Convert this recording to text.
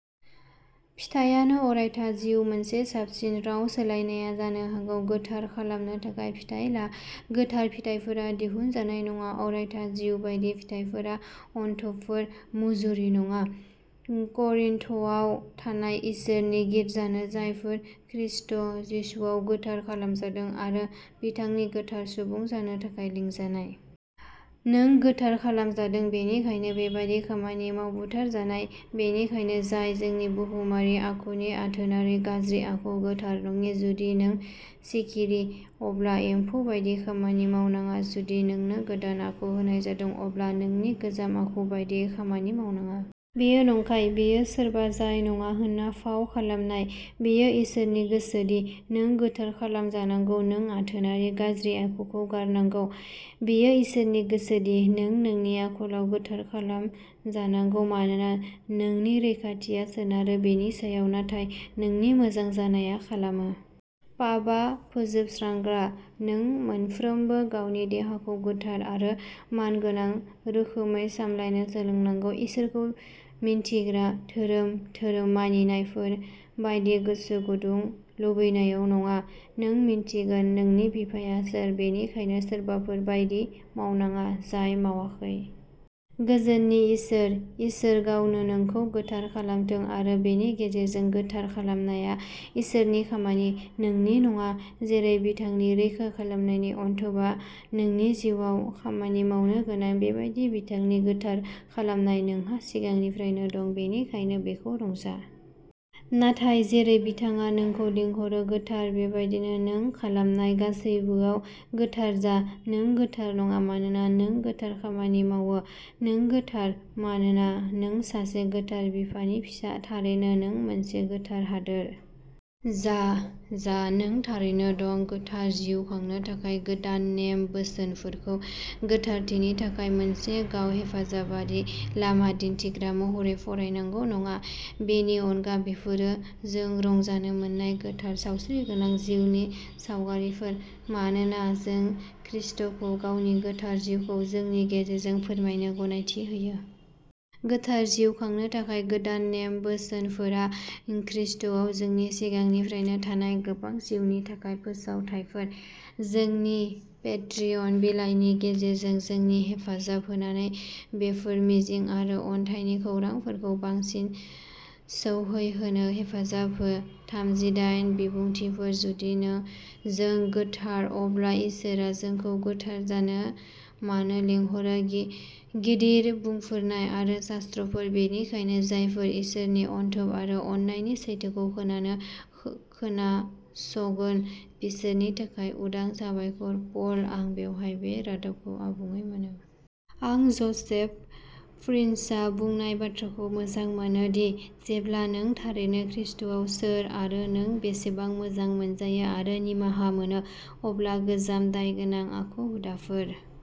फिथायानो अरायथा जिउ मोनसे साबसिन राव सोलायनाया जानो हागौ, गोथार खालामनो थाखाय फिथाइ ला। गोथार फिथाइफोरा दिहुनजानाय नङा। अरायथा जिउ बायदि, फिथाइफोरा अनथोबफोर, मुजुरि नङा। करिन्थआव थानाय इसोरनि गिर्जानो, जायफोरा खृष्ट जिसुआव गोथार खालामजादों आरो बिथांनि गोथार सुबुं जानो थाखाय लिंजानाय। नों गोथार खालामजादों बेनिखायनो बेबादि खामानि माव। बुथारजानाय, बेनिखायनो, जाय नोंनि बुहुमारि आखुनि आथोनारि गाज्रि आखु, गोथार नङि जुदि नों सिखिरि, अब्ला एम्फौ बायदि खामानि मावनाङा। जुदि नोंनो गोदान आखु होनाय जादों, अब्ला नोंनि गोजाम आखु बायदियै खामानि मावनाङा। बेयो नंखाय। बेयो सोरबा जाय नङा होनना फाव खालामनाय। बेयो इसोरनि गोसो दि नों गोथार खालामजानांगौ नों आथोनारि गाज्रि आखुखौ नागारनांगौ। बेयो इसोरनि गोसो दि नों नोंनि आखलआव गोथार खालामजानांगौ, मानोना नोंनि रैखाथिया सोनारो बेनि सायाव, नाथाय नोंनि मोजां जानाया खालामो। पापआ फोजोबस्रांग्रा। नों मोनफ्रोमबो गावनि देहाखौ गोथार आरो मानगोनां रोखोमै सामलायनो सोलोंनांगौ, इसोरखौ मिन्थिग्रा धोरोम धोरोम मानिनायफोर बायदि गोसो गुदुं लुबैनायाव नङा। नों मिन्थिगोन नोंनि बिफाया सोर, बेनिखायनो सोरबाफोर बायदि मावनाङा जाय मावाखै। गोजोननि इसोर, इसोर गावनो नोंखौ गोथार खालामथों आरो बेनि गेजेरजों। गोथार खालामनाया इसोरनि खामानि, नोंनि नङा। जेरै बिथांनि रैखा खालामनायनि अनथोबआ नोंनि जिउआव खामानि मावनो गोनां, बेबायदिनो बिथांनि गोथार खालामनाय। नोंहा सिगांनिफ्रायनो दं, बेनिखायनो बेखौ रंजा! नाथाय जेरै बिथाङा नोंखौ लिंहरो, गोथार, बेबायदिनो नों खालामनाय गासैबोआव गोथार जा। नों गोथार नङा मानोना नों गोथार खामानि मावो। नों गोथार मानोना नों सासे गोथार बिफानि फिसा। थारैनो, नों मोनसे गोथार हादोर। जा जा। नों थारैनो दं। गोथार जिउ खांनो थाखाय गोदान नेम बोसोनफोरखौ गोथारथिनि थाखाय मोनसे गाव हेफाजाबारि लामा दिन्थिग्रा महरै फरायनांगौ नङा। बेनि अनगा, बेफोरो जों रंजानो मोन्नाय गोथार, सावस्रिगोनां जिउनि सावगारिफोर, मानोना जों खृष्टखौ गावनि गोथार जिउखौ जोंनि गेजेरजों फोरमायनो गनायथि होयो। गोथार जिउ खांनो थाखाय गोदान नेम बोसोनफोरा ख्रीष्टआव जोंनि सिगांनिफ्रायनो थानाय गोबां जिउनि थाखाय फोसावथायफोर। जोंनि पेट्रियन बिलाइनि गेजेरजों जोंनि हेफाजाब होनानै बेफोर मिजिं आरो अनथाइनि खौरांफोरखौ बांसिन सौहैहोनो हेफाजाब हो। थामजिदाइन बिबुंथिफोर जुदि जों गोथार, अब्ला इसोरआ जोंखौ गोथार जानो मानो लिंहरो गिदिर बुंफोरनाय आरो शास्त्रफोर बेनिखायनो जायफोरा इसोरनि अनथोब आरो अननायनि सैथोखौ खोनानो खोनासगोन बिसोरनि थाखाय उदां साबायखर, पल, आं बेवहाय बे रादाबखौ आबुङै मोनो। आं ज'सेफ प्रिन्सआ बुंनाय बाथ्राखौ मोजां मोनो, दि जेब्ला नों थारैनो खृष्टआव सोर आरो नों बेसेबां मोजां मोनजायो आरो निमाहा मोनो, अब्ला गोजाम दायगोनां आखु हुदाफोर।